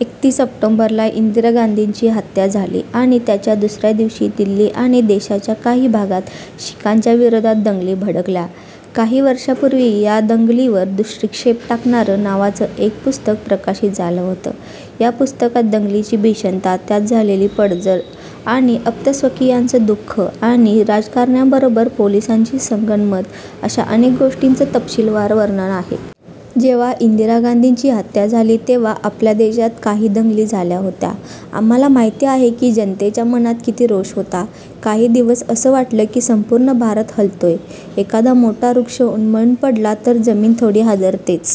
एकतीस ऑक्टोबरला इंदिरा गांधींची हत्या झाली आणि त्याच्या दुसऱ्या दिवशी दिल्ली आणि देशाच्या काही भागात शिखांच्या विरोधात दंगली भडकल्या. काही वर्षांपूर्वी या दंगलींवर दृष्टिक्षेप टाकणारं नावाचं एक पुस्तक प्रकाशित झालं होतं. या पुस्तकात दंगलीची भीषणता, त्यात झालेली पडझड आणि आप्तस्वकीयांचं दु:ख आणि राजकारण्यांबरोबर पोलिसांची संगनमत अशा अनेक गोष्टींचं तपशीलवार वर्णन आहे. जेव्हा इंदिरा गांधींची हत्या झाली तेव्हा आपल्या देशात काही दंगली झाल्या होत्या. आम्हाला माहिती आहे की जनतेच्या मनात किती रोष होता. काही दिवस असं वाटलं की संपूर्ण भारत हलतोय. एखादा मोठा वृक्ष उन्मळून पडला तर जमीन थोडी हादरतेच.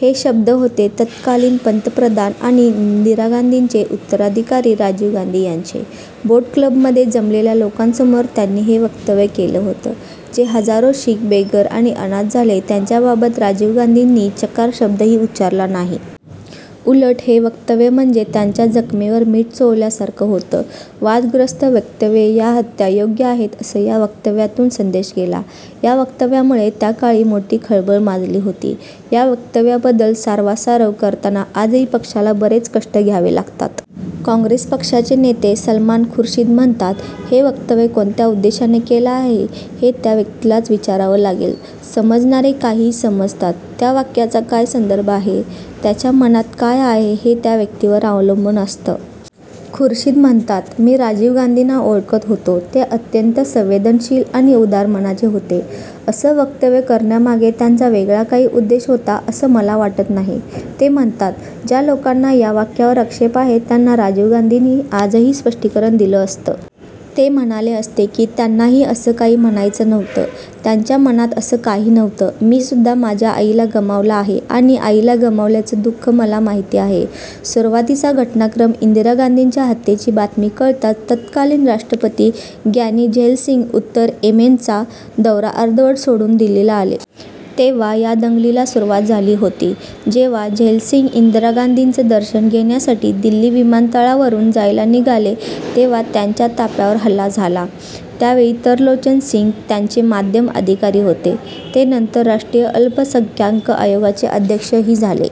हे शब्द होते तत्कालीन पंतप्रधान आणि इंदिरा गांधींचे उत्तराधिकारी राजीव गांधी यांचे. बोट क्लबमध्ये जमलेल्या लोकांसमोर त्यांनी हे वक्तव्य केलं होतं. जे हजारो शीख बेघर आणि अनाथ झाले त्यांच्याबाबत राजीव गांधींनी चकार शब्दही उच्चारला नाही. उलट हे वक्तव्य म्हणजे त्यांच्या जखमेवर मीठ चोळल्यासारखं होतं. वादग्रस्त वक्तव्य या हत्या योग्य आहेत असं या वक्तव्यातून संदेश गेला. या वक्तव्यामुळे त्या काळी मोठी खळबळ माजली होती. या वक्तव्याबद्दल सारवासारव करताना आजही पक्षाला बरेच कष्ट घ्यावे लागतात. काँग्रेस पक्षाचे नेते सलमान खुर्शीद म्हणतात, हे वक्तव्य कोणत्या उद्देशाने केलं आहे हे त्या व्यक्तीलाच विचारावं लागेल. समजणारे काहीही समजतात. त्या वाक्याचा काय संदर्भ आहे, त्यांच्या मनात काय आहे हे त्या व्यक्तीवर अवलंबून असतं. खुर्शीद म्हणतात, मी राजीव गांधींना ओळखत होतो. ते अत्यंत संवेदनशील आणि उदार मनाचे होते. असं वक्तव्य करण्यामागे त्यांचा वेगळा काही उद्देश होता असं मला वाटत नाही. ते म्हणतात, ज्या लोकांना या वाक्यावर आक्षेप आहे त्यांना राजीव गांधींनी आजही स्पष्टीकरण दिलं असतं. ते म्हणाले असते की त्यांनाही असं काही म्हणायचं नव्हतं. त्यांच्या मनात असं काही नव्हतं मीसुद्धा माझ्या आईला गमावलं आहे आणि आईला गमावल्याचं दु:ख मला माहिती आहे. सुरुवातीचा घटनाक्रम इंदिरा गांधीच्या हत्येची बातमी कळताच तत्कालीन राष्ट्रपती ग्यानी झैलसिंग उत्तर येमेनचा दौरा अर्धवट सोडून दिल्लीला आले. तेव्हा या दंगलीला सुरुवात झाली होती. जेव्हा झैलसिंग इंदिरा गांधीचं दर्शन घेण्यासाठी दिल्ली विमानतळावरून जायला निघाले तेव्हा त्यांच्या ताफ्यावर हल्ला झाला. त्यावेळी तरलोचन सिंग त्यांचे माध्यम अधिकारी होते. ते नंतर राष्ट्रीय अल्पसंख्याक आयोगाचे अध्यक्षही झाले.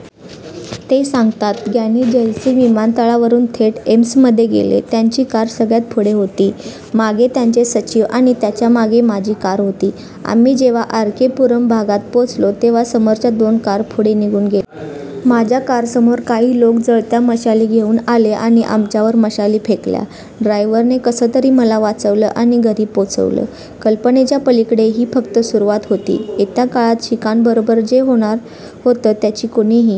ते सांगतात, ग्यानी झैलसिंग विमानतळावरून थेट एम्समध्ये गेले. त्यांची कार सगळ्यात पुढे होती. मागे त्यांचे सचिव, आणि त्यांच्या मागे माझी कार होती. आम्ही जेव्हा आर. के. पुरम भागात पोहोचलो तेव्हा समोरच्या दोन कार पुढे निघून गेल्या. माझ्या कारसमोर काही लोक जळत्या मशाली घेऊन आले आणि आमच्यावर मशाली फेकल्या. ड्रायव्हरने कसंतरी मला वाचवलं आणि घरी पोचवलं. कल्पनेच्या पलीकडे ही फक्त सुरुवात होती. येत्या काळात शिखांबरोबर जे होणार होतं त्याची कोणीही